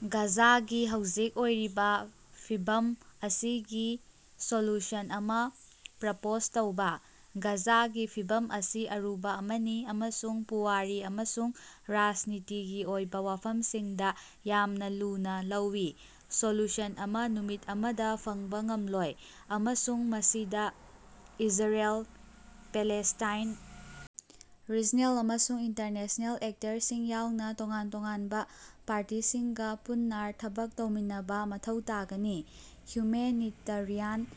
ꯒꯥꯖꯥꯒꯤ ꯍꯧꯖꯤꯛ ꯑꯣꯏꯔꯤꯕ ꯐꯤꯚꯝ ꯑꯁꯤꯒꯤ ꯁꯣꯂꯨꯁꯟ ꯑꯃ ꯄ꯭ꯔꯄꯣꯖ ꯇꯧꯕ꯫ ꯒꯥꯖꯥꯒꯤ ꯐꯤꯚꯝ ꯑꯁꯤ ꯑꯔꯨꯕ ꯑꯃꯅꯤ ꯑꯃꯁꯨꯡ ꯄꯨꯋꯥꯔꯤ ꯑꯃꯁꯨꯡ ꯔꯥꯖꯅꯤꯇꯤꯒꯤ ꯑꯣꯏꯕ ꯋꯥꯐꯝꯁꯤꯡꯗ ꯌꯥꯝꯅ ꯂꯨꯅꯥ ꯂꯧꯏ꯫ ꯁꯣꯂꯨꯁꯟ ꯑꯃ ꯅꯨꯃꯤꯠ ꯑꯃꯗ ꯐꯪꯕ ꯉꯝꯂꯣꯏ, ꯑꯃꯁꯨꯡ ꯃꯁꯤꯗ ꯏꯖꯔꯦꯜ, ꯄꯦꯂꯦꯁ꯭ꯇꯥꯏꯟ, ꯔꯤꯖꯅꯦꯜ ꯑꯃꯁꯨꯡ ꯏꯟꯇꯔꯅꯦꯁ꯭ꯅꯦꯜ ꯑꯦꯛꯇꯔꯁꯤꯡ ꯌꯥꯎꯅ ꯇꯣꯉꯥꯟ ꯇꯣꯉꯥꯟꯕ ꯄꯥꯔꯇꯤꯁꯤꯡꯒꯤ ꯄꯨꯟꯅꯥꫪ ꯊꯕꯛ ꯇꯧꯃꯤꯟꯅꯕꯥ ꯃꯊꯧ ꯇꯥꯒꯅꯤ꯫ ꯍ꯭ꯌꯨꯃꯦꯅꯤꯇꯔꯤꯌꯥꯟ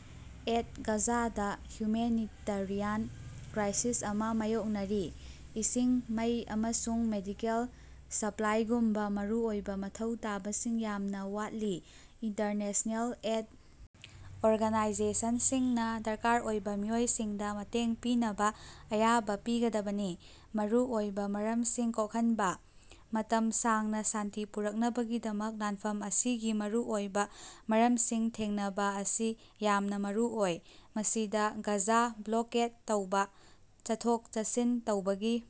ꯑꯦꯗ - ꯒꯥꯖꯥꯗ ꯍ꯭ꯌꯨꯃꯦꯅꯤꯇꯔꯤꯌꯥꯟ ꯀ꯭ꯔꯥꯏꯁꯤꯁ ꯑꯃ ꯃꯥꯌꯣꯛꯅꯔꯤ, ꯏꯁꯤꯡ, ꯃꯩ, ꯑꯃꯁꯨꯡ ꯃꯦꯗꯤꯀꯦꯜ ꯁꯄ꯭ꯂꯥꯏꯒꯨꯝꯕ ꯃꯔꯨꯑꯣꯏꯕ ꯃꯊꯧ ꯇꯥꯕꯁꯤꯡ ꯌꯥꯝꯅ ꯋꯥꯠꯂꯤ꯫ ꯏꯟꯇꯔꯅꯦꯁ꯭ꯅꯦꯜ ꯑꯦꯗ ꯑꯣꯔꯒꯅꯥꯏꯖꯦꯁꯟꯁꯤꯡꯅ ꯗꯔꯀꯥꯔ ꯑꯣꯏꯕ ꯃꯤꯑꯣꯏꯁꯤꯡꯗ ꯃꯇꯦꯡ ꯄꯤꯅꯕꯥ ꯑꯌꯥꯕ ꯄꯤꯒꯗꯕꯅꯤ꯫ ꯃꯔꯨ ꯑꯣꯏꯕ ꯃꯔꯝꯁꯤꯡ ꯀꯣꯛꯍꯟꯕ - ꯃꯇꯝ ꯁꯥꯡꯅ ꯁꯥꯟꯇꯤ ꯄꯨꯔꯛꯅꯕꯒꯤꯗꯃꯛ ꯂꯥꯟꯐꯝ ꯑꯁꯤꯒꯤ ꯃꯔꯨ ꯑꯣꯏꯕ ꯃꯔꯝꯁꯤꯡ ꯊꯦꯡꯅꯕꯥ ꯑꯁꯤ ꯌꯥꯝꯅ ꯃꯔꯨ ꯑꯣꯏ꯫ ꯃꯁꯤꯗ ꯒꯥꯖꯥ ꯕ꯭ꯂꯣꯀꯦꯗ ꯇꯧꯕ, ꯆꯠꯊꯣꯛ-ꯆꯠꯁꯤꯟ ꯇꯧꯕꯒꯤ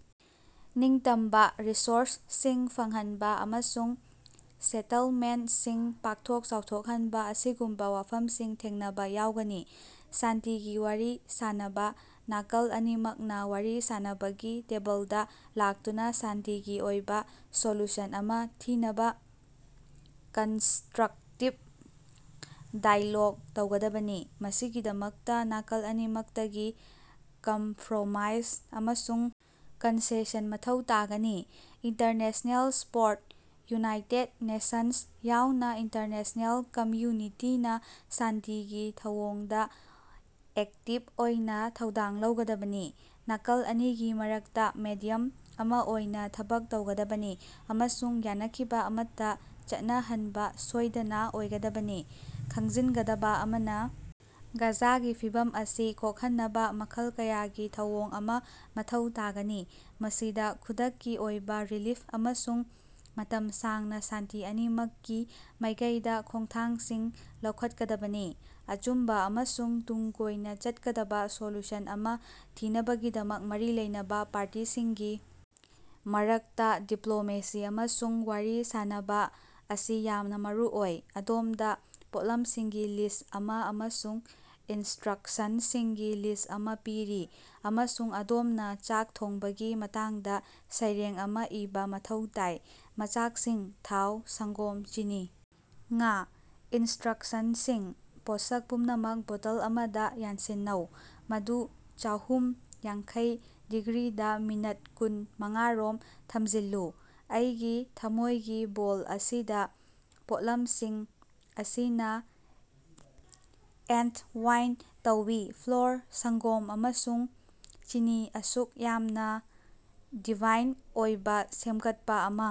ꯅꯤꯡꯇꯝꯕ, ꯔꯤꯁꯣꯔꯁꯁꯤꯡ ꯐꯪꯍꯟꯕ, ꯑꯃꯁꯨꯡ ꯁꯦꯇꯜꯃꯦꯟꯇꯁꯤꯡ ꯄꯥꯛꯊꯣꯛ ꯆꯥꯎꯊꯣꯛꯍꯟꯕ ꯑꯁꯤꯒꯨꯝꯕ ꯋꯥꯐꯝꯁꯤꯡ ꯊꯦꯡꯅꯕ ꯌꯥꯎꯒꯅꯤ꯫ ꯁꯥꯟꯇꯤꯒꯤ ꯋꯥꯔꯤ ꯁꯥꯅꯕꯥ -ꯅꯥꯀꯜ ꯑꯅꯤꯃꯛꯅ ꯋꯥꯔꯤ ꯁꯥꯅꯕꯒꯤ ꯇꯦꯕꯜꯗꯥ ꯂꯥꯛꯇꯨꯅ ꯁꯥꯟꯇꯤꯒꯤ ꯑꯣꯏꯕ ꯁꯣꯂꯨꯁꯟ ꯑꯃ ꯊꯤꯅꯕꯥ ꯀꯟꯁꯇ꯭ꯔꯛꯇꯤꯕ ꯗꯥꯏꯂꯣꯒ ꯇꯧꯒꯗꯕꯅꯤ꯫ ꯃꯁꯤꯒꯤꯗꯃꯛꯇ ꯅꯥꯀꯜ ꯑꯅꯤꯃꯛꯇꯒꯤ ꯀꯝꯐ꯭ꯔꯣꯃꯥꯏꯖ ꯑꯃꯁꯨꯡ ꯀꯟꯁꯦꯁꯟ ꯃꯊꯧ ꯇꯥꯒꯅꯤ꯫ ꯏꯟꯇꯔꯅꯦꯁ꯭ꯅꯦꯜ ꯁꯄꯣꯔꯠ - ꯌꯨꯅꯥꯏꯇꯦꯗ ꯅꯦꯁꯟꯁ ꯌꯥꯎꯅ ꯏꯟꯇꯔꯅꯦꯁ꯭ꯅꯦꯜ ꯀꯝꯃ꯭ꯌꯨꯅꯤꯇꯤꯅ ꯁꯥꯟꯇꯤꯒꯤ ꯊꯧꯑꯣꯡꯗ ꯑꯦꯛꯇꯤꯕ ꯑꯣꯏꯅ ꯊꯧꯗꯥꯡ ꯂꯧꯒꯗꯕꯅꯤ, ꯅꯥꯀꯜ ꯑꯅꯤꯒꯤ ꯃꯔꯛꯇ ꯃꯦꯗꯤꯌꯝ ꯑꯃ ꯑꯣꯏꯅ ꯊꯕꯛ ꯇꯧꯒꯗꯕꯅꯤ ꯑꯃꯁꯨꯡ ꯌꯥꯅꯈꯤꯕ ꯑꯃꯠꯇ ꯆꯠꯅꯍꯟꯕ ꯁꯣꯏꯗꯅ ꯑꯣꯏꯒꯗꯕꯅꯤ꯫ ꯈꯪꯖꯤꯟꯒꯗꯕꯥ ꯑꯃꯅ, ꯒꯥꯖꯥꯒꯤ ꯐꯤꯚꯝ ꯑꯁꯤ ꯀꯣꯛꯍꯟꯅꯕ ꯃꯈꯜ ꯀꯌꯥꯒꯤ ꯊꯧꯑꯣꯡ ꯑꯃ ꯃꯊꯧ ꯇꯥꯒꯅꯤ, ꯃꯁꯤꯗ ꯈꯨꯗꯛꯀꯤ ꯑꯣꯏꯕ ꯔꯤꯂꯤꯐ ꯑꯃꯁꯨꯡ ꯃꯇꯝ ꯁꯥꯡꯅ ꯁꯥꯟꯇꯤ ꯑꯅꯤꯃꯛꯀꯤ ꯃꯥꯏꯀꯩꯗ ꯈꯣꯡꯊꯥꯡꯁꯤꯡ ꯂꯧꯈꯠꯀꯗꯕꯅꯤ꯫ ꯑꯆꯨꯝꯕ ꯑꯃꯁꯨꯡ ꯇꯨꯡ ꯀꯣꯏꯅ ꯆꯠꯀꯗꯕ ꯁꯣꯂꯨꯁꯟ ꯑꯃ‌ ꯊꯤꯅꯕꯒꯤꯗꯃꯛ ꯃꯔꯤ ꯂꯩꯅꯕ ꯄꯥꯔꯇꯤꯁꯤꯡꯒꯤ ꯃꯔꯛꯇ ꯗꯤꯄ꯭ꯂꯣꯃꯦꯁꯤ ꯑꯃꯁꯨꯡ ꯋꯥꯔꯤ ꯁꯥꯅꯕꯥ ꯑꯁꯤ ꯌꯥꯝꯅ ꯃꯔꯨ ꯑꯣꯏ꯫ ꯑꯗꯣꯝꯗ ꯄꯣꯠꯂꯝꯁꯤꯡꯒꯤ ꯂꯤꯁ꯭ꯠ ꯑꯃ ꯑꯃꯁꯨꯡ ꯏꯟꯁꯇ꯭ꯔꯛꯁꯟꯁꯤꯡꯒꯤ ꯂꯤꯁ꯭ꯠ ꯑꯃ ꯄꯤꯔꯤ, ꯑꯃꯁꯨꯡ ꯑꯗꯣꯝꯅ ꯆꯥꯛ ꯊꯣꯡꯕꯒꯤ ꯃꯇꯥꯡꯗ ꯁꯩꯔꯦꯡ ꯑꯃ ꯏꯕꯥ ꯃꯊꯧ ꯇꯥꯏ꯫ ꯃꯆꯥꯛꯁꯤꯡ - ꯊꯥꯎ, ꯁꯪꯒꯣꯝ, ꯆꯤꯅꯤ, ꯉꯥ꯫ ꯏꯟꯁꯇ꯭ꯔꯛꯁꯟꯁꯤꯡ -ꯄꯣꯠꯁꯛ ꯄꯨꯝꯅꯃꯛ ꯕꯣꯇꯜ ꯑꯃꯗ ꯌꯥꯟꯁꯤꯟꯅꯧ, ꯃꯗꯨ ꯆꯥꯍꯨꯝ ꯌꯥꯡꯈꯩ ꯗꯤꯒ꯭ꯔꯤꯗꯥ ꯃꯤꯅꯠ ꯀꯨꯟ ꯃꯉꯥꯔꯣꯝ ꯊꯝꯖꯤꯜꯂꯨ꯫ ꯑꯩꯒꯤ ꯊꯝꯃꯣꯏꯒꯤ ꯕꯣꯜ ꯑꯁꯤꯗ, ꯄꯣꯠꯂꯝꯁꯤꯡ ꯑꯁꯤꯅ ꯑꯦꯟꯇꯋꯥꯏꯟ ꯇꯧꯏ ꯐ꯭ꯂꯣꯔ, ꯁꯪꯒꯣꯝ, ꯑꯃꯁꯨꯡ ꯆꯤꯅꯤ, ꯑꯁꯨꯛ ꯌꯥꯝꯅ ꯗꯤꯚꯥꯏꯟ ꯑꯣꯏꯕ ꯁꯦꯝꯒꯠꯄ ꯑꯃ,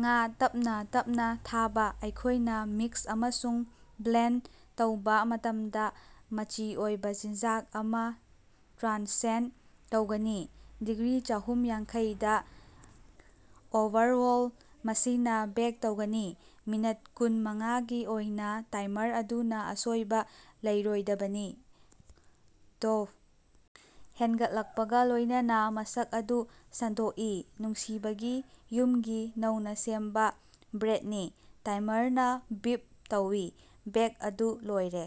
ꯉꯥ ꯇꯞꯅꯥ ꯇꯞꯅꯥ ꯊꯥꯕ, ꯑꯩꯈꯣꯏꯅ ꯃꯤꯛꯁ ꯑꯃꯁꯨꯡ ꯕ꯭ꯂꯦꯟꯗ ꯇꯧꯕ ꯃꯇꯝꯗ, ꯃꯆꯤ ꯑꯣꯏꯕ ꯆꯤꯟꯖꯥꯛ ꯑꯃ ꯇ꯭ꯔꯥꯟꯁꯦꯟꯗ ꯇꯧꯒꯅꯤ꯫ ꯗꯤꯒ꯭ꯔꯤ ꯆꯥꯍꯨꯝ ꯌꯥꯡꯈꯩ ꯗꯥ ꯑꯣꯚꯔꯑꯣꯜꯗ, ꯃꯁꯤꯅ ꯕꯦꯛ ꯇꯧꯒꯅꯤ, ꯃꯤꯅꯠ ꯀꯨꯟ ꯃꯉꯥꯒꯤ ꯑꯣꯏꯅ ꯇꯥꯏꯃꯔ ꯑꯗꯨꯅ ꯑꯁꯣꯏꯕ ꯂꯩꯔꯣꯏꯗꯕꯅꯤ꯫ ꯗꯣꯎ ꯍꯦꯟꯒꯠꯂꯛꯄꯒ ꯂꯣꯏꯅꯅꯥ ꯃꯁꯛ ꯑꯗꯨ ꯁꯟꯗꯣꯛꯏ, ꯅꯨꯡꯁꯤꯕꯒꯤ, ꯌꯨꯝꯒꯤ, ꯅꯧꯅ ꯁꯦꯝꯕ ꯕ꯭ꯔꯦꯗꯅꯤ, ꯇꯥꯏꯃꯔꯅ ꯕꯤꯞ ꯇꯧꯏ, ꯕꯦꯛ ꯑꯗꯨ ꯂꯣꯏꯔꯦ꯫